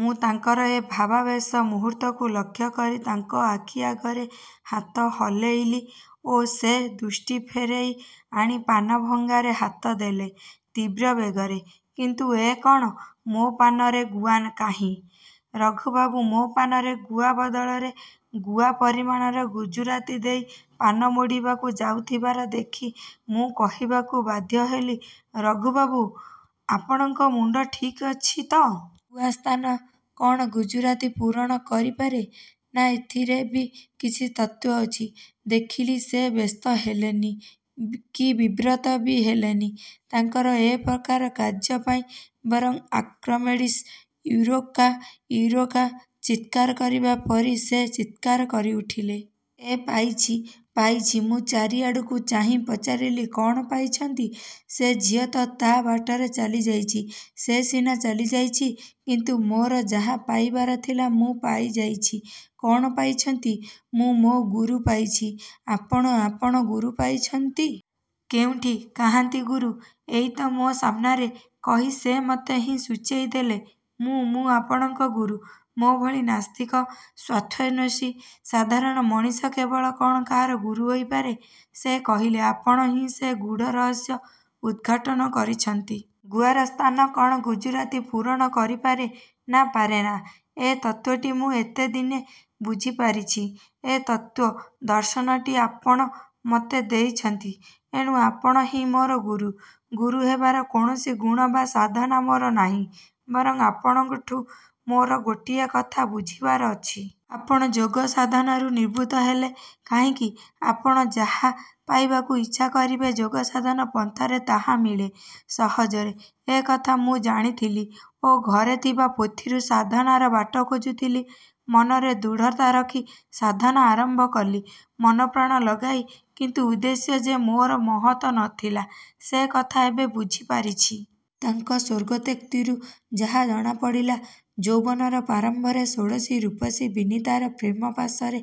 ମୁଁ ତାଙ୍କର ଏ ଭାବାବେଶ ମୁହୂର୍ତ୍ତକୁ ଲକ୍ଷ୍ୟ କରି ତାଙ୍କ ଆଖି ଆଗରେ ହାତ ହଲେଇଲି ଓ ସେ ଦୃଷ୍ଟି ଫେରାଇ ଆଣି ପାନଭଙ୍ଗାରେ ହାତ ଦେଲେ ତୀବ୍ର ବେଗରେ। କିନ୍ତୁ ଏ କ'ଣ, ମୋ'ପାନରେ ଗୁଆ କାହିଁ? ରଘୁବାବୁ ମୋ' ପାନରେ ଗୁଆ ବଦଳରେ ଗୁଆ ପରିମାଣର ଗୁଜୁରାତି ଦେଇ ପାନ ମୋଡ଼ିବାକୁ ଯାଉଥିବାର ଦେଖି ମୁଁ କହିବାକୁ ବାଧ୍ୟ ହେଲି-ରଘୁବାବୁ, ଆପଣଙ୍କ ମୁଣ୍ଡ ଠିକ୍ ଅଛି ତ? ଗୁଆ ସ୍ଥାନ କ'ଣ ଗୁଜୁରାତି ପୂରଣ କରିପାରେ? ନା ଏଥିରେ ବି କିଛି ତତ୍ତ୍ଵ ଅଛି? ଦେଖିଲି ସେ ବ୍ୟସ୍ତ ହେଲେନି କି ବିବ୍ରତ ବି ହେଲେନି ତାଙ୍କର ଏପ୍ରକାର କାର୍ଯ୍ୟ ପାଇଁ। ବରଂ ଆର୍କମେଡ଼ିସ୍ ୟୁରୋକା ୟୁରୋକା ଚିତ୍କାର କରିବା ପରି ସେ ଚିତ୍କାର କରିଉଠିଲେ ଏଁ ପାଇଛି ପାଇଛି। ମୁଁ ଚାରିଆଡ଼କୁ ଚାହିଁ ପଚାରିଲି-କ'ଣ ପାଇଛନ୍ତି? ସେ ଝିଅତ ତା' ବାଟରେ ଚାଲିଯାଇଛି। ସେ ସିନା ଚାଲିଯାଇଛି କିନ୍ତୁ ମୋର ଯାହା ପାଇବାର ଥିଲା ମୁଁ ପାଇଯାଇଛି। କ'ଣ ପାଇଛନ୍ତି? ମୁଁ ମୋ' ଗୁରୁ ପାଇଛି। ଆପଣ ଆପଣ ଗୁରୁ ପାଇଛନ୍ତି? କେଉଁଠି? କାହାନ୍ତି ଗୁରୁ? 'ଏଇ ତ ମୋ' ସାମନାରେ'-କହି ସେ ମୋତେ ହିଁ ସୂଚେଇ ଦେଲେ। ମୁଁ ମୁଁ ଆପଣଙ୍କ ଗୁରୁ? ମୋ'ଭଳି ନାସ୍ତିକ, ସ୍ଵାର୍ଥନ୍ଵେଷୀ, ସାଧାରଣ ମଣିଷ କେବେ କ'ଣ କାହାର ଗୁରୁ ହୋଇପାରେ? ସେ କହିଲେ-ଆପଣ ହିଁ ସେ ଗୂଢ଼ ରହସ୍ୟ ଉଦ୍ଘାଟନ କରିଛନ୍ତି। ଗୁଆର ସ୍ଥାନ କ'ଣ ଗୁଜୁରାତି ପୂରଣ କରିପାରେ? ନା, ପାରେନା। ଏ ତତ୍ତ୍ଵଟି ମୁଁ ଏତେଦିନେ ବୁଝିପାରିଛି। ଏ ତତ୍ତ୍ଵ, ଦର୍ଶନଟି ଆପଣ ମୋତେ ଦେଇଛନ୍ତି। ଏଣୁ ଆପଣ ହିଁ ମୋର ଗୁରୁ। ଗୁରୁ ହେବାର କୌଣସି ଗୁଣ ବା ସାଧନା ମୋର ନାହିଁ। ବରଂ ଆପଣଙ୍କଠୁଁ ମୋର ଗୋଟିଏ କଥା ବୁଝିବାର ଅଛି। ଆପଣ ଯୋଗ ସାଧନାରୁ ନିବୃତ୍ତ ହେଲେ କାହିଁକି? ଆପଣ ଯାହା ପାଇବାକୁ ଇଚ୍ଛା କରିବେ ଯୋଗସାଧନ ପନ୍ଥାରେ ତାହା ମିଳେ ସହଜରେ-ଏ କଥା ମୁଁ ଜାଣିଥିଲି ଓ ଘରେ ଥିବା ପୋଥିରୁ ସାଧନାର ବାଟ ଖୋଜୁଥିଲି। ମନରେ ଦୃଢ଼ତା ରଖି ସାଧନା ଆରମ୍ଭ କଲି-ମନ ପ୍ରାଣ ଲଗାଇ, କିନ୍ତୁ ଉଦ୍ଦେଶ୍ୟ ଯେ ମୋର ମହତ ନଥିଲା ସେ କଥା ଏବେ ବୁଝିପାରିଛି। ତାଙ୍କ ସ୍ଵଗୋତୋକ୍ତିରୁ ଯାହା ଜଣାପଡ଼ିଲା-ଯୌବନର ପ୍ରାରମ୍ଭରେ ଷୋଡ଼ଶୀ ରୂପସୀ ବିନିତାର ପ୍ରେମ ପାଶରେ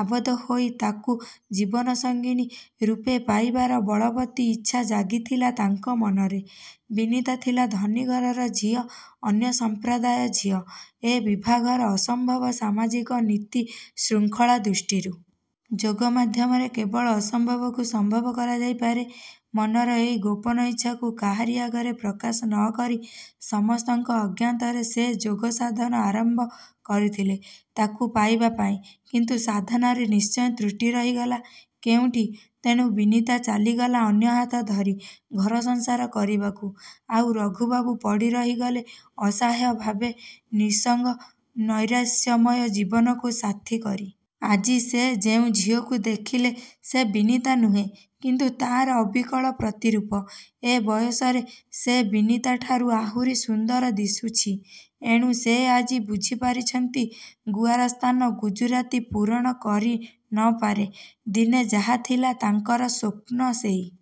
ଆବଦ୍ଧ ହୋଇ ତାକୁ ଜୀବନସଙ୍ଗିନୀ ରୂପେ ପାଇବାର ବଳବତୀ ଇଚ୍ଛା ଜାଗିଥିଲା ତାଙ୍କ ମନରେ। ବିନିତା ଥିଲା ଧନୀ ଘରର ଝିଅ, ଅନ୍ୟ ସମ୍ପ୍ରଦାୟ ଝିଅ। ଏ ବିଭାଘର ଅସମ୍ଭବ ସାମାଜିକ ନୀତି ଶୃଙ୍ଖଳା ଦୃଷ୍ଟିରୁ। ଯୋଗ ମାଧ୍ୟମରେ କେବଳ ଅସମ୍ଭବକୁ ସମ୍ଭବ କରାଯାଇପାରେ। ମନର ଏଇ ଗୋପନ ଇଚ୍ଛାକୁ କାହାରି ଆଗରେ ପ୍ରକାଶ ନକରି ସମସ୍ତଙ୍କ ଅଜ୍ଞାତରେ ସେ ଯୋଗ ସାଧନା ଆରମ୍ଭ କରିଥିଲେ ତାକୁ ପାଇବା ପାଇଁ; କିନ୍ତୁ ସାଧନାରେ ନିଶ୍ଚୟ ତ୍ରୁଟି ରହିଗଲା କେଉଁଠି, ତେଣୁ ବିନିତା ଚାଲିଗଲା ଅନ୍ୟ ହାତଧରି ଘରସଂସାର କରିବାକୁ ଆଉ ରଘୁବାବୁ ପଡ଼ି ରହିଗଲେ ଅସହାୟ ଭାବେ ନିଃସଙ୍ଗ, ନୈରାଶ୍ୟମୟ ଜୀବନକୁ ସାଥିକରି। ଆଜି ସେ ଯେଉଁ ଝିଅଟିକୁ ଦେଖିଲେ ସେ ବିନିତା ନୁହେଁ କିନ୍ତୁ ତା'ର ଅବିକଳ ପ୍ରତିରୂପ। ଏ ବୟସରେ ସେ ବିନିତାଠାରୁ ଆହୁରି ସୁନ୍ଦର ଦିଶୁଛି। ଏଣୁ ସେ ଆଜି ବୁଝିପାରିଛନ୍ତି ଗୁଆର ସ୍ଥାନ ଗୁଜୁରାତି ପୂରଣ କରିନପାରେ। ଦିନେ ଯାହାଥିଲା ତାଙ୍କର ସ୍ଵପ୍ନ ସେଇ